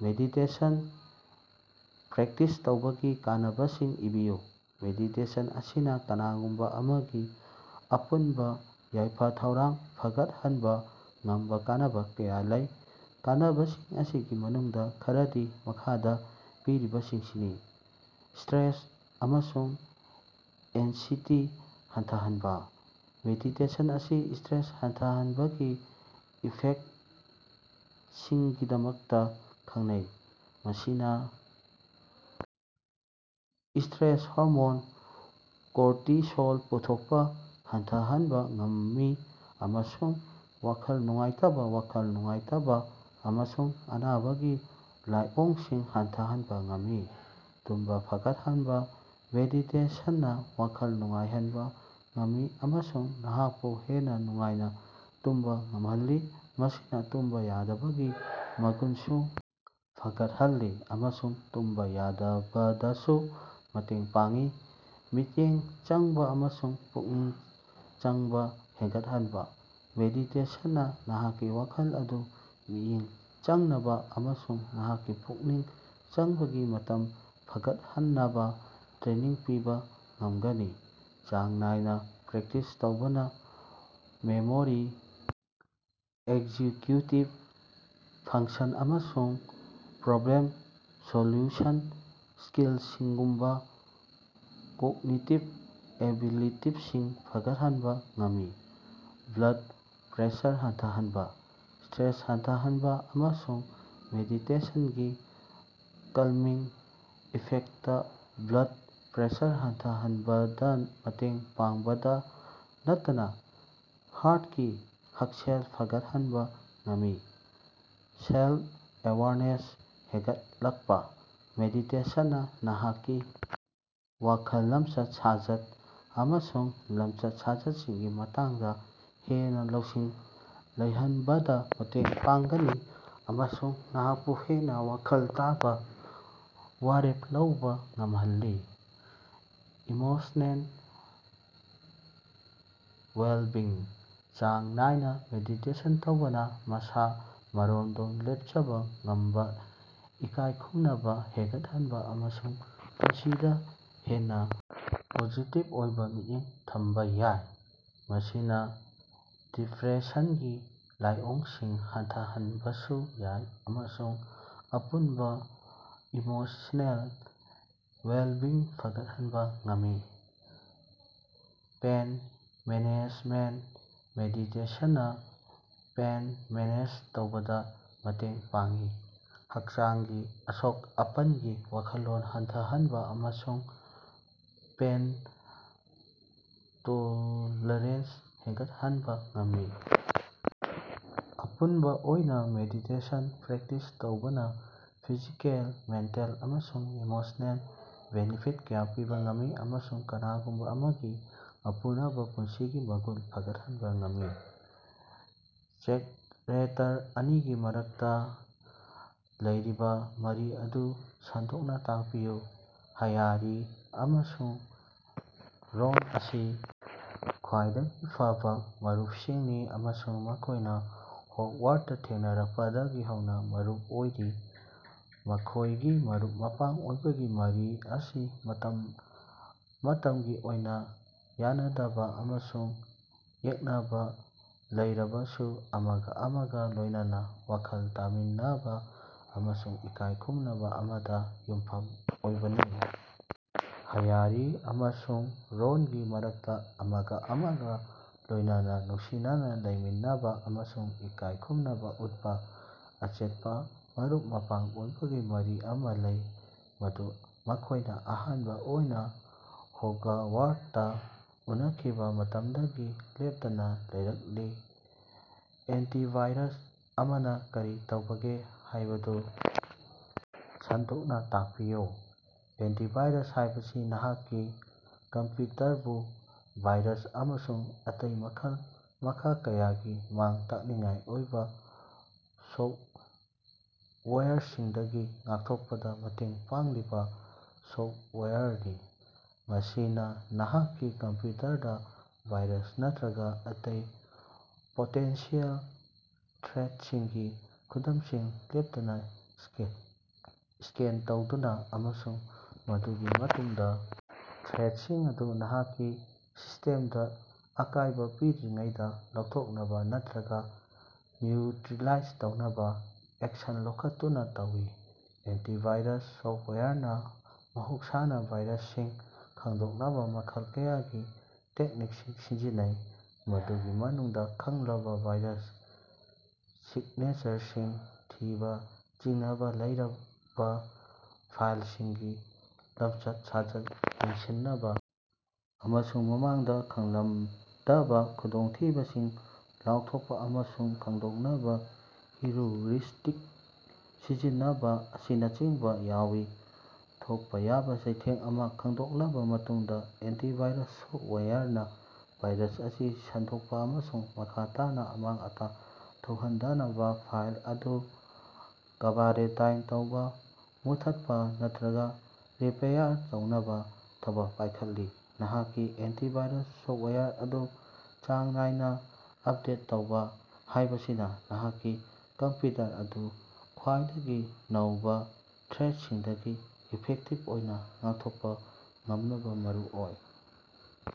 Meditation practice ꯇꯧꯕꯒꯤ ꯀꯥꯟꯅꯕꯁꯤꯡ ꯏꯕꯤꯌꯨ꯫ ꯃꯦꯗꯤꯇꯦꯁꯟ ꯑꯁꯤꯅꯥ ꯀꯅꯥꯒꯨꯝꯕ ꯑꯃꯒꯤ ꯑꯄꯨꯟꯕ ꯌꯥꯏꯐ-ꯊꯧꯔꯥꯡ ꯐꯒꯠꯍꯟꯕꯥ ꯉꯝꯕ ꯀꯥꯟꯅꯕ ꯀꯌꯥ ꯂꯩ꯫ ꯀꯥꯟꯅꯕꯁꯤꯡ ꯑꯁꯤꯒꯤ ꯃꯅꯨꯡꯗꯥ ꯈꯔꯗꯤ ꯃꯈꯥꯗ ꯄꯤꯔꯤꯕꯁꯤꯡꯁꯤꯅꯤ: ꯁ꯭ꯇꯔꯦꯁ ꯑꯃꯁꯨꯡ ꯑꯦꯟꯁꯤꯇꯤ ꯍꯟꯊꯍꯟꯕꯥ: ꯃꯦꯗꯤꯇꯦꯁꯟ ꯑꯁꯤ ꯁ꯭ꯇꯔꯦꯁ ꯍꯟꯊꯍꯟꯕꯒꯤ ꯏꯐꯦꯛꯇꯁꯤꯡꯒꯤꯗꯃꯛꯇꯥ ꯈꯪꯅꯩ꯫ ꯃꯁꯤꯅ ꯁ꯭ꯇꯔꯦꯁ ꯍꯣꯔꯃꯣꯟ ꯀꯣꯔꯇꯤꯁꯣꯜ ꯄꯨꯊꯣꯛꯄꯥ ꯍꯟꯊꯍꯟꯕ ꯉꯝꯃꯤ, ꯑꯃꯁꯨꯡ ꯋꯥꯈꯜ ꯅꯨꯡꯉꯥꯏꯇꯕꯥ, ꯋꯥꯈꯜ ꯅꯨꯡꯉꯥꯏꯇꯕꯥ ꯑꯃꯁꯨꯡ ꯑꯅꯥꯕꯒꯤ ꯂꯥꯏꯑꯣꯡꯁꯤꯡ ꯍꯟꯊꯍꯟꯕ ꯉꯝꯃꯤ꯫ ꯇꯨꯝꯕꯥ ꯐꯒꯠꯍꯟꯕ: ꯃꯦꯗꯤꯇꯦꯁꯟꯅꯥ ꯋꯥꯈꯜ ꯅꯨꯡꯉꯥꯏꯍꯟꯕ ꯉꯝꯃꯤ ꯑꯃꯁꯨꯡ ꯅꯍꯥꯛꯄꯨ ꯍꯦꯟꯅꯥ ꯅꯨꯡꯉꯥꯏꯅꯥ ꯇꯨꯝꯕꯥ ꯉꯝꯍꯜꯂꯤ꯫ ꯃꯁꯤꯅꯥ ꯇꯨꯝꯕꯥ ꯌꯥꯗꯕꯒꯤ ꯃꯒꯨꯟꯁꯨ ꯐꯒꯠꯍꯜꯂꯤ ꯑꯃꯁꯨꯡ ꯇꯨꯝꯕꯥ ꯌꯥꯗꯕꯗꯁꯨ ꯃꯇꯦꯡ ꯄꯥꯡꯏ꯫ ꯃꯤꯠꯌꯦꯡ ꯆꯪꯕꯥ ꯑꯃꯁꯨꯡ ꯄꯨꯛꯅꯤꯡ ꯆꯪꯕꯥ ꯍꯦꯟꯒꯠꯍꯟꯕ: ꯃꯦꯗꯤꯇꯦꯁꯟꯅꯥ ꯅꯍꯥꯛꯀꯤ ꯋꯥꯈꯜ ꯑꯗꯨ ꯃꯤꯠꯌꯦꯡ ꯆꯪꯅꯕꯥ ꯑꯃꯁꯨꯡ ꯅꯍꯥꯛꯀꯤ ꯄꯨꯛꯅꯤꯡ ꯆꯪꯕꯒꯤ ꯃꯇꯝ ꯐꯒꯠꯍꯟꯅꯕꯥ ꯇ꯭ꯔꯦꯅꯤꯡ ꯄꯤꯕꯥ ꯉꯝꯒꯅꯤ꯫ ꯆꯥꯡ ꯅꯥꯏꯅꯥ ꯄ꯭ꯔꯦꯛꯇꯤꯁ ꯇꯧꯕꯅꯥ ꯃꯦꯃꯣꯔꯤ, ꯑꯦꯀꯖꯤꯛꯌꯨꯇꯤꯚ ꯐꯪꯛꯁꯟ, ꯑꯃꯁꯨꯡ ꯄ꯭ꯔꯣꯕ꯭ꯂꯦꯝ ꯁꯣꯜꯌꯨꯁꯟ ꯁ꯭ꯀꯤꯜꯁꯤꯡꯒꯨꯝꯕꯥ ꯀꯣꯒꯅꯤꯇꯤꯚ ꯑꯦꯕꯤꯂꯤꯇꯤꯁꯤꯡ ꯐꯒꯠꯍꯟꯕ ꯉꯝꯃꯤ꯫ ꯕ꯭ꯂꯗ ꯄ꯭ꯔꯦꯁꯔ ꯍꯟꯊꯍꯅꯕꯥ: ꯁ꯭ꯇꯔꯦꯁ ꯍꯟꯊꯍꯟꯕ ꯑꯃꯁꯨꯡ ꯃꯦꯗꯤꯇꯦꯁꯟꯒꯤ ꯀꯜꯃꯤꯡ ꯏꯐꯦꯛꯇꯅꯥ ꯕ꯭ꯂꯗ ꯄ꯭ꯔꯦꯁꯔ ꯍꯟꯊꯍꯟꯕꯗꯥ ꯃꯇꯦꯡ ꯄꯥꯡꯕꯇꯥ ꯅꯠꯇꯅꯥ ꯍꯥꯔꯇꯀꯤ ꯍꯛꯁꯦꯜ ꯐꯒꯠꯍꯟꯕ ꯉꯝꯃꯤ꯫ ꯁꯦꯜꯐ-ꯑꯦꯋꯥꯔꯅꯦꯁ ꯍꯦꯟꯒꯠꯂꯛꯄꯥ: ꯃꯦꯗꯤꯇꯦꯁꯟꯅꯥ ꯅꯍꯥꯛꯀꯤ ꯋꯥꯈꯜ, ꯂꯝꯆꯠ-ꯁꯥꯖꯠ ꯑꯃꯁꯨꯡ ꯂꯝꯆꯠ-ꯁꯥꯖꯠꯁꯤꯡꯒꯤ ꯃꯇꯥꯡꯗꯥ ꯍꯦꯟꯅꯥ ꯂꯧꯁꯤꯡ ꯂꯩꯍꯟꯕꯗꯥ ꯃꯇꯦꯡ ꯄꯥꯡꯒꯅꯤ, ꯑꯃꯁꯨꯡ ꯅꯍꯥꯛꯄꯨ ꯍꯦꯟꯅꯥ ꯋꯥꯈꯜ ꯇꯥꯕꯥ ꯋꯥꯔꯦꯞ ꯂꯧꯕꯥ ꯉꯝꯍꯜꯂꯤ꯫ ꯏꯃꯣꯁꯅꯦꯜ ꯋꯦꯂꯕꯤꯡ: ꯆꯥꯡ ꯅꯥꯏꯅꯥ ꯃꯦꯗꯤꯇꯦꯁꯟ ꯇꯧꯕꯅꯥ ꯃꯁꯥ-ꯃꯔꯣꯝꯗꯣꯝ ꯂꯦꯄꯆꯕꯥ ꯉꯝꯕꯥ, ꯏꯀꯥꯏ ꯈꯨꯝꯅꯕꯥ ꯍꯦꯟꯒꯠꯍꯟꯕ ꯑꯃꯁꯨꯡ ꯄꯨꯟꯁꯤꯗꯥ ꯍꯦꯟꯅꯥ ꯄꯣꯖꯤꯇꯤꯚ ꯑꯣꯏꯕꯥ ꯃꯤꯠꯌꯦꯡ ꯊꯝꯕꯥ ꯌꯥꯏ꯫ ꯃꯁꯤꯅꯥ ꯗꯤꯄꯔꯦꯁꯟꯒꯤ ꯂꯥꯏꯑꯣꯡꯁꯤꯡ ꯍꯟꯊꯍꯅꯕꯁꯨ ꯌꯥꯏ ꯑꯃꯁꯨꯡ ꯑꯄꯨꯟꯕꯥ ꯏꯃꯣꯁꯅꯦꯜ ꯋꯦꯂꯕꯤꯡ ꯐꯒꯠꯍꯟꯕ ꯉꯝꯃꯤ꯫ ꯄꯦꯟ ꯃꯦꯅꯦꯖꯃꯦꯟꯇ: ꯃꯦꯗꯤꯇꯦꯁꯟꯅꯥ ꯄꯦꯏꯟ ꯃꯦꯅꯦꯖ ꯇꯧꯕꯗꯥ ꯃꯇꯦꯡ ꯄꯥꯡꯏ, ꯍꯛꯆꯥꯡꯒꯤ ꯑꯁꯣꯛ-ꯑꯄꯟꯒꯤ ꯋꯥꯈꯜꯂꯣꯟ ꯍꯟꯊꯍꯟꯕ ꯑꯃꯁꯨꯡ ꯄꯦꯟ ꯇꯣꯂꯔꯦꯟꯁ ꯍꯦꯟꯒꯠꯍꯟꯕ ꯉꯝꯃꯤ꯫ ꯑꯄꯨꯟꯕꯥ ꯑꯣꯏꯅꯥ, ꯃꯦꯗꯤꯇꯦꯁꯟ ꯄ꯭ꯔꯦꯛꯇꯤꯁ ꯇꯧꯕꯅꯥ ꯐꯤꯖꯤꯀꯦꯜ, ꯃꯦꯟꯇꯦꯜ ꯑꯃꯁꯨꯡ ꯏꯃꯣꯁꯅꯦꯜ ꯕꯦꯅꯤꯐꯤꯠ ꯀꯌꯥ ꯄꯤꯕꯥ ꯉꯝꯃꯤ, ꯑꯃꯁꯨꯡ ꯀꯅꯥꯒꯨꯝꯕꯥ ꯑꯃꯒꯤ ꯑꯄꯨꯅꯕꯥ ꯄꯨꯟꯁꯤꯒꯤ ꯃꯒꯨꯟ ꯐꯒꯠꯍꯟꯕ ꯉꯝꯃꯤ꯫ ꯆꯦꯛꯔꯦꯇꯔ ꯑꯅꯤꯒꯤ ꯃꯔꯛꯇꯥ ꯂꯩꯔꯤꯕꯥ ꯃꯔꯤ ꯑꯗꯨ ꯁꯟꯗꯣꯛꯅꯥ ꯇꯥꯛꯄꯤꯌꯨ꯫ ꯍ꯭ꯌꯥꯔꯤ ꯑꯃꯁꯨꯡ ꯔꯣꯟ ꯑꯁꯤ ꯈ꯭ꯋꯥꯏꯗꯒꯤ ꯐꯕꯥ ꯃꯔꯨꯄꯁꯤꯡꯅꯤ ꯑꯃꯁꯨꯡ ꯃꯈꯣꯏꯅꯥ ꯍꯣꯒꯋꯥꯔꯗꯇꯥ ꯊꯦꯡꯅꯔꯛꯄꯗꯒꯤ ꯍꯧꯅꯥ ꯃꯔꯨꯞ ꯑꯣꯏꯔꯤ꯫ ꯃꯈꯣꯏꯒꯤ ꯃꯔꯨꯞ-ꯃꯄꯥꯡ ꯑꯣꯏꯕꯒꯤ ꯃꯔꯤ ꯑꯁꯤ ꯃꯇꯝ ꯃꯇꯃꯒꯤ ꯑꯣꯏꯅꯥ ꯌꯥꯅꯗꯕꯥ ꯑꯃꯁꯨꯡ ꯌꯦꯛꯅꯕꯥ ꯂꯩꯔꯕꯁꯨ ꯑꯃꯒꯥ ꯑꯃꯒꯥ ꯂꯣꯏꯅꯅ ꯋꯥꯈꯜ ꯇꯥꯃꯤꯟꯅꯕꯥ ꯑꯃꯁꯨꯡ ꯏꯀꯥꯏ ꯈꯨꯝꯅꯕꯥ ꯑꯃꯗꯥ ꯌꯨꯝꯐꯝ ꯑꯣꯏꯕꯅꯤ꯫ ꯍ꯭ꯌꯥꯔꯤ ꯑꯃꯁꯨꯡ ꯔꯣꯅꯒꯤ ꯃꯔꯛꯇꯥ ꯑꯃꯒꯥ ꯑꯃꯒꯥ ꯂꯣꯏꯅꯅ ꯅꯨꯡꯁꯤꯅꯅꯥ ꯂꯩꯃꯤꯟꯅꯕꯥ ꯑꯃꯁꯨꯡ ꯏꯀꯥꯏ ꯈꯨꯝꯅꯕꯥ ꯎꯠꯄꯥ ꯑꯆꯦꯠꯄꯥ ꯃꯔꯨꯞ-ꯃꯄꯥꯡ ꯑꯣꯏꯕꯒꯤ ꯃꯔꯤ ꯑꯃꯥ ꯂꯩ, ꯃꯗꯨ ꯃꯈꯣꯏꯅꯥ ꯑꯍꯥꯟꯕꯥ ꯑꯣꯏꯅꯥ ꯍꯣꯒꯋꯥꯔꯗꯇꯥ ꯎꯅꯈꯤꯕꯥ ꯃꯇꯃꯗꯒꯤ ꯂꯦꯞꯇꯅꯥ ꯂꯩꯔꯛꯂꯤ꯫ ꯑꯦꯟꯇꯤꯚꯥꯏꯔꯁ ꯑꯃꯅꯥ ꯀꯔꯤ ꯇꯧꯕꯒꯦ ꯍꯥꯏꯕꯗꯨ ꯁꯟꯗꯣꯛꯅꯥ ꯇꯥꯛꯄꯤꯌꯨ꯫ ꯑꯦꯟꯇꯤꯚꯥꯏꯔꯁ ꯍꯥꯏꯕꯁꯤ ꯅꯍꯥꯛꯀꯤ ꯀꯝꯄ꯭ꯌꯨꯇꯔꯕꯨ ꯚꯥꯏꯔꯁ ꯑꯃꯁꯨꯡ ꯑꯇꯩ ꯃꯈꯜ-ꯃꯈꯥ ꯀꯌꯥꯒꯤ ꯃꯥꯡ-ꯇꯥꯛꯅꯤꯡꯉꯥꯏ ꯑꯣꯏꯕꯥ ꯁꯣꯐꯇꯋꯥꯌꯔꯁꯤꯡꯗꯒꯤ ꯉꯥꯛꯊꯣꯛꯄꯗꯥ ꯃꯇꯦꯡ ꯄꯥꯡꯂꯤꯕꯥ ꯁꯣꯐꯇꯋꯥꯌꯔꯅꯤ꯫ ꯃꯁꯤꯅꯥ ꯅꯍꯥꯛꯀꯤ ꯀꯝꯞꯌꯨꯇꯔꯗꯥ ꯚꯥꯏꯔꯁ ꯅꯠꯇꯔꯒꯥ ꯑꯇꯩ ꯄꯣꯇꯦꯟꯁꯤꯑꯦꯜ ꯊ꯭ꯔꯦꯠꯁꯤꯡꯒꯤ ꯈꯨꯗꯃꯁꯤꯡ ꯂꯦꯞꯇꯅꯥ ꯁ꯭ꯀꯦꯟ ꯁ꯭ꯀꯦꯟ ꯇꯧꯗꯨꯅꯥ, ꯑꯃꯁꯨꯡ ꯃꯗꯨꯒꯤ ꯃꯇꯨꯡꯗꯥ ꯊ꯭ꯔꯦꯠꯁꯤꯡ ꯑꯗꯨ ꯅꯍꯥꯛꯀꯤ ꯁꯤꯁ꯭ꯇꯦꯃꯗꯥ ꯑꯀꯥꯏꯕꯥ ꯄꯤꯗ꯭ꯔꯤꯉꯩꯗꯥ ꯂꯧꯊꯣꯛꯅꯕꯥ ꯅꯠꯇꯔꯒꯥ ꯅ꯭ꯌꯨꯇꯔꯤꯂꯥꯏꯖ ꯇꯧꯅꯕꯥ ꯑꯦꯛꯁꯟ ꯂꯧꯈꯠꯇꯨꯅꯥ ꯇꯧꯏ꯫ ꯑꯦꯟꯇꯤꯚꯥꯏꯔꯁ ꯁꯣꯐꯇꯋꯥꯌꯔꯅꯥ ꯃꯍꯧꯁꯥꯅꯥ ꯚꯥꯏꯔꯁꯁꯤꯡ ꯈꯪꯗꯣꯛꯅꯕꯥ ꯃꯈꯜ ꯀꯌꯥꯒꯤ ꯇꯦꯛꯅꯤꯛꯁꯤꯡ ꯁꯤꯖꯤꯟꯅꯩ, ꯃꯗꯨꯒꯤ ꯃꯅꯨꯡꯗꯥ ꯈꯪꯂꯕꯥ ꯚꯥꯏꯔꯁ ꯁꯤꯒꯅꯦꯆꯔꯁꯤꯡ ꯊꯤꯕꯥ, ꯆꯤꯡꯅꯕꯥ ꯂꯩꯔꯕꯥ ꯐꯥꯏꯂꯁꯤꯡꯒꯤ ꯂꯝꯆꯠ-ꯁꯥꯖꯠ ꯌꯦꯡꯁꯤꯅꯕꯥ, ꯑꯃꯁꯨꯡ ꯃꯃꯥꯡꯗꯥ ꯈꯪꯂꯃꯗꯕꯥ ꯈꯨꯗꯣꯡꯊꯤꯕꯁꯤꯡ ꯂꯥꯎꯊꯣꯛꯅꯕꯥ ꯑꯃꯁꯨꯡ ꯈꯪꯗꯣꯛꯅꯕꯥ ꯍꯤꯎꯔꯤꯁꯇꯤꯛ ꯁꯤꯖꯤꯟꯅꯕꯥ ꯑꯁꯤꯅꯆꯤꯡꯕꯥ ꯌꯥꯎꯏ꯫ ꯊꯣꯛꯄꯥ ꯌꯥꯕꯥ ꯆꯩꯊꯦꯡ ꯑꯃ ꯈꯪꯗꯣꯛꯂꯕꯥ ꯃꯇꯨꯡꯗꯥ, ꯑꯦꯟꯇꯤꯚꯥꯏꯔꯁ ꯁꯣꯐꯇꯋꯥꯌꯔꯅꯥ ꯚꯥꯏꯔꯁ ꯑꯁꯤ ꯁꯟꯗꯣꯛꯄꯥ ꯑꯃꯁꯨꯡ ꯃꯈꯥ ꯇꯥꯅꯥ ꯑꯃꯥꯡ-ꯑꯇꯥ ꯊꯣꯛꯍꯟꯗꯅꯕ ꯐꯥꯏꯜ ꯑꯗꯨ ꯀ꯭ꯕꯥꯔꯦꯟꯇꯥꯏꯟ ꯇꯧꯕꯥ, ꯃꯨꯠꯊꯠꯄꯥ ꯅꯠꯇꯔꯒꯥ ꯔꯤꯄꯦꯌꯥꯔ ꯇꯧꯅꯕꯥ ꯊꯕꯛ ꯄꯥꯏꯈꯠꯂꯤ꯫ ꯅꯍꯥꯛꯀꯤ ꯑꯦꯟꯇꯤꯚꯥꯏꯔꯁ ꯁꯣꯐꯇꯋꯥꯌꯔ ꯑꯗꯨ ꯆꯥꯡ ꯅꯥꯏꯅꯥ ꯑꯄꯗꯦꯠ ꯇꯧꯕꯥ ꯍꯥꯏꯕꯁꯤꯅꯥ ꯅꯍꯥꯛꯀꯤ ꯀꯝꯄ꯭ꯌꯨꯇꯔ ꯑꯗꯨ ꯈ꯭ꯋꯥꯏꯗꯒꯤ ꯅꯧꯕꯥ ꯊ꯭ꯔꯦꯠꯁꯤꯡꯗꯒꯤ ꯏꯐꯦꯛꯇꯤꯚ ꯑꯣꯏꯅꯥ ꯉꯥꯛꯊꯣꯛꯄꯥ ꯉꯝꯅꯕꯥ ꯃꯔꯨꯑꯣꯏ꯫।